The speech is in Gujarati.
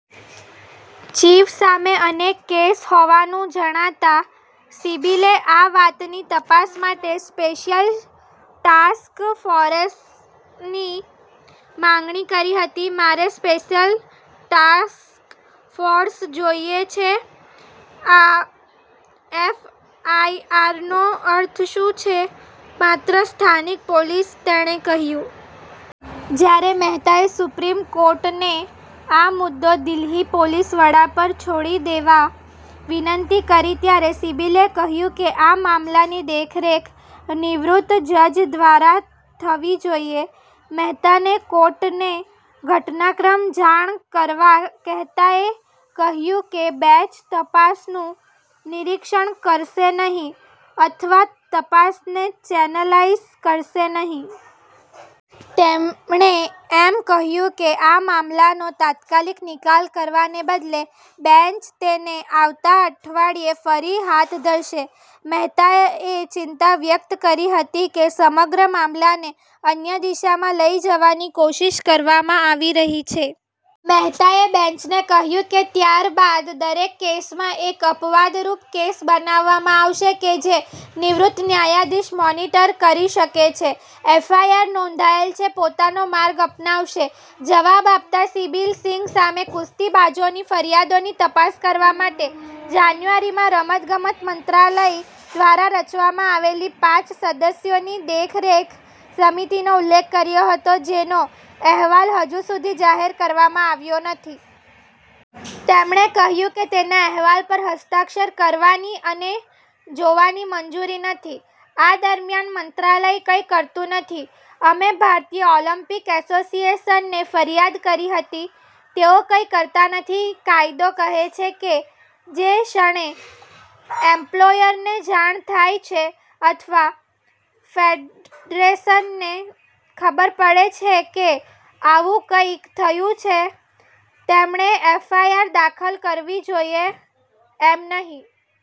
ચીફ સામે અનેક કેસ હોવાનું જણાવતા સિબ્બલે આ બાબતની તપાસ માટે સ્પેશિયલ ટાસ્ક ફોર્સની માંગણી કરી હતી. "મારે સ્પેશિયલ ટાસ્ક ફોર્સ જોઈએ છે. આ એફઆઈઆરનો અર્થ શું છે, માત્ર સ્થાનિક પોલીસ? તેણે કીધુ. જ્યારે મહેતાએ સુપ્રીમ કોર્ટને આ મુદ્દો દિલ્હી પોલીસ વડા પર છોડી દેવા વિનંતી કરી ત્યારે સિબ્બલે કહ્યું કે આ મામલાની દેખરેખ નિવૃત્ત જજ દ્વારા થવી જોઈએ. મહેતાને કોર્ટને ઘટનાક્રમની જાણ કરવા કહેતાં એ કહ્યું કે બેંચ "તપાસનું નિરીક્ષણ કરશે નહીં અથવા તપાસને ચેનલલાઈઝ કરશે નહીં". તેમણે એમ પણ કહ્યું કે આ મામલાનો તાત્કાલિક નિકાલ કરવાને બદલે બેન્ચ તેને આવતા અઠવાડિયે ફરીથી હાથ ધરશે. મહેતાએ ચિંતા વ્યક્ત કરી હતી કે સમગ્ર મામલાને "અન્ય દિશામાં" લઈ જવાની કોશિશ કરવામાં આવી રહી છે. મહેતાએ બેન્ચને કહ્યું કે "ત્યારબાદ દરેક કેસમાં, એક અપવાદરૂપ કેસ બનાવવામાં આવશે કે જે નિવૃત્ત ન્યાયાધીશ મોનીટર કરી શકે છે. એફઆઈઆર નોંધાયેલ છે. પોતાનો માર્ગ અપનાવશે," જવાબ આપતા સિબ્બલે સિંઘ સામે કુસ્તીબાજોની ફરિયાદોની તપાસ કરવા માટે જાન્યુઆરીમાં રમતગમત મંત્રાલય દ્વારા રચવામાં આવેલી પાંચ-સદસ્યની દેખરેખ સમિતિનો ઉલ્લેખ કર્યો હતો, જેનો અહેવાલ હજુ સુધી જાહેર કરવામાં આવ્યો નથી. તેમણે કહ્યું કે "તેના અહેવાલ પર હસ્તાક્ષર કરવાની અને જોવાની મંજૂરી નથી આ દરમિયાન, મંત્રાલય કંઈ કરતું નથી. અમે ભારતીય ઓલિમ્પિક એસોસિએશનને ફરિયાદ કરી હતી. તેઓ કંઈ કરતા નથી. કાયદો કહે છે કે જે ક્ષણે એમ્પ્લોયરને જાણ થાય છે અથવા ફેડરેશનને ખબર પડે છે કે આવું કંઈક થયું છે, તેમણે એફઆઈઆર દાખલ કરવી જોઈએ, અમે નહીં.